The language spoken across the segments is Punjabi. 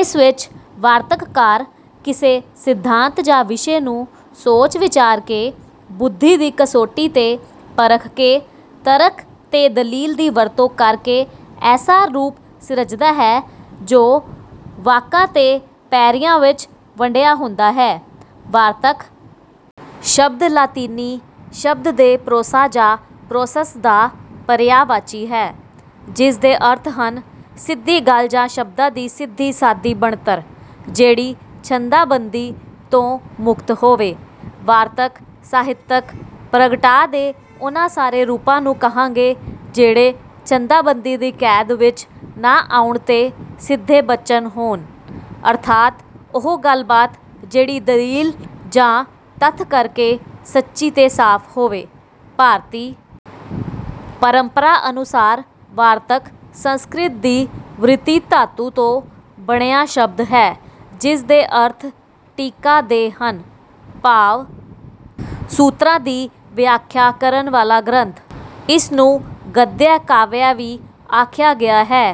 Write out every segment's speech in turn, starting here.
ਇਸ ਵਿੱਚ ਵਾਰਤਕਕਾਰ ਕਿਸੇ ਸਿੱਧਾਂਤ ਜਾਂ ਵਿਸ਼ੇ ਨੂੰ ਸੋਚ-ਵਿਚਾਰ ਕੇ, ਬੁੱਧੀ ਦੀ ਕਸੌਟੀ 'ਤੇ ਪਰਖ ਕੇ, ਤਰਕ ਤੇ ਦਲੀਲ ਦੀ ਵਰਤੋਂ ਕਰ ਕੇ ਐਸਾ ਰੂਪ ਸਿਰਜਦਾ ਹੈ, ਜੋ ਵਾਕਾਂ ਤੇ ਪੈਰਿਆਂ ਵਿੱਚ ਵੰਡਿਆ ਹੁੰਦਾ ਹੈ।‘ਵਾਰਤਕ’ ਸ਼ਬਦ ਲਾਤੀਨੀ ਸ਼ਬਦ ਦੇ ‘ਪ੍ਰੋਸਾ’ ਜਾਂ ‘ਪ੍ਰੋਸਸ’ ਦਾ ਪਰਿਆਵਾਚੀ ਹੈ, ਜਿਸ ਦੇ ਅਰਥ ਹਨ—‘ਸਿੱਧੀ ਗੱਲ ਜਾਂ ਸ਼ਬਦਾਂ ਦੀ ਸਿੱਧੀ-ਸਾਦੀ ਬਣਤਰ, ਜਿਹੜੀ ਛੰਦਾਬੰਦੀ ਤੋਂ ਮੁਕਤ ਹੋਵੇ।’‘ਵਾਰਤਕ’ ਸਾਹਿਤਕ ਪ੍ਰਗਟਾਅ ਦੇ ਉਹਨਾਂ ਸਾਰੇ ਰੂਪਾਂ ਨੂੰ ਕਹਾਂਗੇ, ਜਿਹੜੇ ਛੰਦਾਬੰਦੀ ਦੀ ਕੈਦ ਵਿੱਚ ਨਾ ਆਉਣ ਤੇ ਸਿੱਧੇ ਬਚਨ ਹੋਣ; ਅਰਥਾਤ, ਉਹ ਗੱਲਬਾਤ ਜਿਹੜੀ ਦਲੀਲ ਜਾਂ ਤੱਥ ਕਰਕੇ ਸੱਚੀ ਤੇ ਸਾਫ਼ ਹੋਵੇ। ਭਾਰਤੀ ਪ੍ਰੰਪਰਾ ਅਨੁਸਾਰ ‘ਵਾਰਤਕ’ ਸੰਸਕ੍ਰਿਤ ਦੀ ‘ਵ੍ਰਿਤਿ’ ਧਾਤੂ ਤੋਂ ਬਣਿਆ ਸ਼ਬਦ ਹੈ, ਜਿਸ ਦੇ ਅਰਥ ‘ਟੀਕਾ’ ਦੇ ਹਨ, ਭਾਵ ਸੂਤਰਾਂ ਦੀ ਵਿਆਖਿਆ ਕਰਨ ਵਾਲਾ ‘ਗ੍ਰੰਥ’। ਇਸ ਨੂੰ ‘ਗਦਯ-ਕਾਵਯ’ ਵੀ ਆਖਿਆ ਗਿਆ ਹੈ।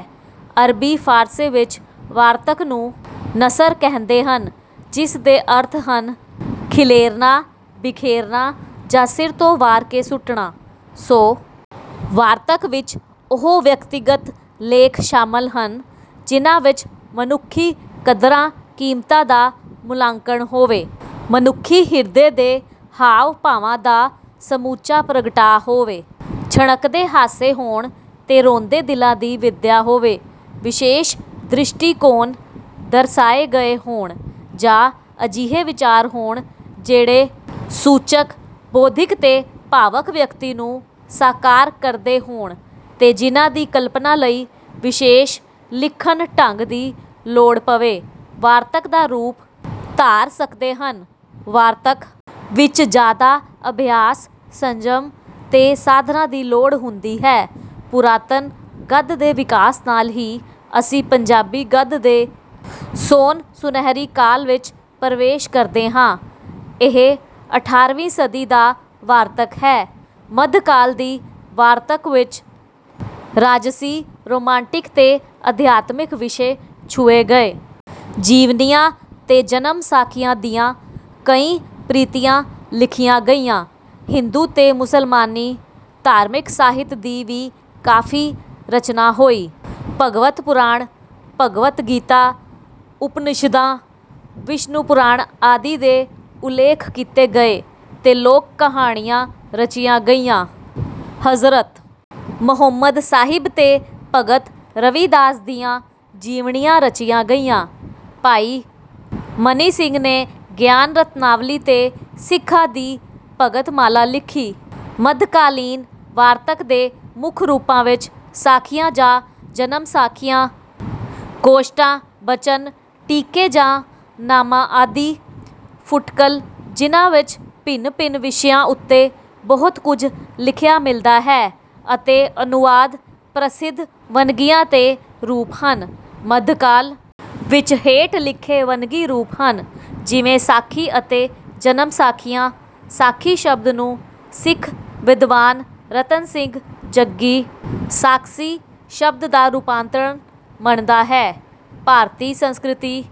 ਅਰਬੀ, ਫ਼ਾਰਸੀ ਵਿੱਚ ਵਾਰਤਕ ਨੂੰ ‘ਨਸਰ’ ਕਹਿੰਦੇ ਹਨ, ਜਿਸ ਦੇ ਅਰਥ ਹਨ—ਖਿਲੇਰਨਾ, ਬਿਖੇਰਨਾ ਜਾਂ ਸਿਰ ਤੋਂ ਵਾਰ ਕੇ ਸੁੱਟਣਾ। ਸੋ, ਵਾਰਤਕ ਵਿੱਚ ਉਹ ਵਿਅਕਤੀਗਤ ਲੇਖ ਸ਼ਾਮਲ ਹਨ, ਜਿਨ੍ਹਾਂ ਵਿੱਚ ਮਨੁੱਖੀ ਕਦਰਾਂ-ਕੀਮਤਾਂ ਦਾ ਮੁਲਾਂਕਣ ਹੋਵੇ, ਮਨੁੱਖੀ ਹਿਰਦੇ ਦੇ ਹਾਵ-ਭਾਵਾਂ ਦਾ ਸਮੁੱਚਾ ਪ੍ਰਗਟਾਅ ਹੋਵੇ, ਛਣਕਦੇ ਹਾਸੇ ਹੋਣ ਤੇ ਰੋਂਦੇ ਦਿਲਾਂ ਦੀ ਵਿਧਿਆ ਹੋਵੇ, ਵਿਸ਼ੇਸ਼ ਦ੍ਰਿਸ਼ਟੀਕੋਣ ਦਰਸਾਏ ਗਏ ਹੋਣ ਜਾਂ ਅਜਿਹੇ ਵਿਚਾਰ ਹੋਣ, ਜਿਹੜੇ ਸੂਚਕ, ਬੌਧਿਕ ਤੇ ਭਾਵਕ ਵਿਅਕਤੀ ਨੂੰ ਸਾਕਾਰ ਕਰਦੇ ਹੋਣ ਤੇ ਜਿਨ੍ਹਾਂ ਦੀ ਕਲਪਨਾ ਲਈ ਵਿਸ਼ੇਸ਼ ਲਿਖਣ-ਢੰਗ ਦੀ ਲੋੜ ਪਵੇ, ਵਾਰਤਕ ਦਾ ਰੂਪ ਧਾਰ ਸਕਦੇ ਹਨ। ਵਾਰਤਕ ਵਿੱਚ ਜ਼ਿਆਦਾ ਅਭਿਆਸ, ਸੰਜਮ ਤੇ ਸਾਧਨਾ ਦੀ ਲੋੜ ਹੁੰਦੀ ਹੈ। ਪੁਰਾਤਨ ਗੱਦ ਦੇ ਵਿਕਾਸ ਨਾਲ ਹੀ ਅਸੀਂ ਪੰਜਾਬੀ ਗੱਦ ਦੇ ਸੋਨ-ਸੁਨਹਿਰੀ ਕਾਲ ਵਿੱਚ ਪ੍ਰਵੇਸ਼ ਕਰਦੇ ਹਾਂ। ਇਹ ਅਠਾਰ੍ਹਵੀਂ ਸਦੀ ਦਾ ਵਾਰਤਕ ਹੈ। ਮੱਧਕਾਲ ਦੀ ਵਾਰਤਕ ਵਿੱਚ ਰਾਜਸੀ, ਰੋਮਾਂਟਿਕ ਤੇ ਅਧਿਆਤਮਿਕ ਵਿਸ਼ੇ ਛੁਹੇ ਗਏ। ਜੀਵਨੀਆਂ ਤੇ ਜਨਮਸਾਖੀਆਂ ਦੀਆਂ ਕਈ ਪ੍ਰਤੀਆਂ ਲਿਖੀਆਂ ਗਈਆਂ। ਹਿੰਦੂ ਤੇ ਮੁਸਲਮਾਨੀ ਧਾਰਮਿਕ ਸਾਹਿਤ ਦੀ ਵੀ ਕਾਫ਼ੀ ਰਚਨਾ ਹੋਈ। ਭਾਗਵਤ ਪੁਰਾਣ, ਭਗਵਦ ਗੀਤਾ, ਉਪਨਿਸ਼ਦਾਂ, ਵਿਸ਼ਨੂੰ ਪੁਰਾਣ ਆਦਿ ਦੇ ਉੱਲੇਖ ਕੀਤੇ ਗਏ ਤੇ ਲੋਕ-ਕਹਾਣੀਆਂ ਰਚੀਆਂ ਗਈਆਂ। ਹਜ਼ਰਤ ਮੁਹੰਮਦ ਸਾਹਿਬ ਤੇ ਭਗਤ ਰਵਿਦਾਸ ਦੀਆਂ ਜੀਵਨੀਆਂ ਰਚੀਆਂ ਗਈਆਂ। ਭਾਈ ਮਨੀ ਸਿੰਘ ਨੇ ‘ਗਿਆਨ ਰਤਨਾਵਲੀ’ ਤੇ ਸਿੱਖਾਂ ਦੀ ਭਗਤਮਾਲਾ ਲਿਖੀ। ਮੱਧਕਾਲੀਨ ਵਾਰਤਕ ਦੇ ਮੁੱਖ ਰੂਪਾਂ ਵਿੱਚ ਸਾਖੀਆਂ ਜਾਂ ਜਨਮ-ਸਾਖੀਆਂ, ਗੋਸ਼ਟਾਂ, ਬਚਨ, ਟੀਕੇ ਜਾਂ ਨਾਮਾ ਆਦਿ, ਫੁਟਕਲ, ਜਿਨ੍ਹਾਂ ਵਿੱਚ ਭਿੰਨ-ਭਿੰਨ ਵਿਸ਼ਿਆਂ ਉੱਤੇ ਬਹੁਤ ਕੁਝ ਲਿਖਿਆ ਮਿਲਦਾ ਹੈ, ਅਤੇ ਅਨੁਵਾਦ ਪ੍ਰਸਿੱਧ ਵੰਨਗੀਆਂ ਤੇ ਰੂਪ ਹਨ। ਮੱਧਕਾਲ ਵਿੱਚ ਹੇਠ ਲਿਖੇ ਵੰਨਗੀ ਰੂਪ ਹਨ, ਜਿਵੇਂ—ਸਾਖੀ ਅਤੇ ਜਨਮਸਾਖੀਆਂ: ਸਾਖੀ ਸ਼ਬਦ ਨੂੰ ਸਿੱਖ ਵਿਦਵਾਨ ਰਤਨ ਸਿੰਘ ਜੱਗੀ ‘ਸਾਕਸੀ’ ਸ਼ਬਦ ਦਾ ਰੂਪਾਂਤਰਣ ਮੰਨਦਾ ਹੈ। ਭਾਰਤੀ ਸੰਸਕ੍ਰਿਤੀ...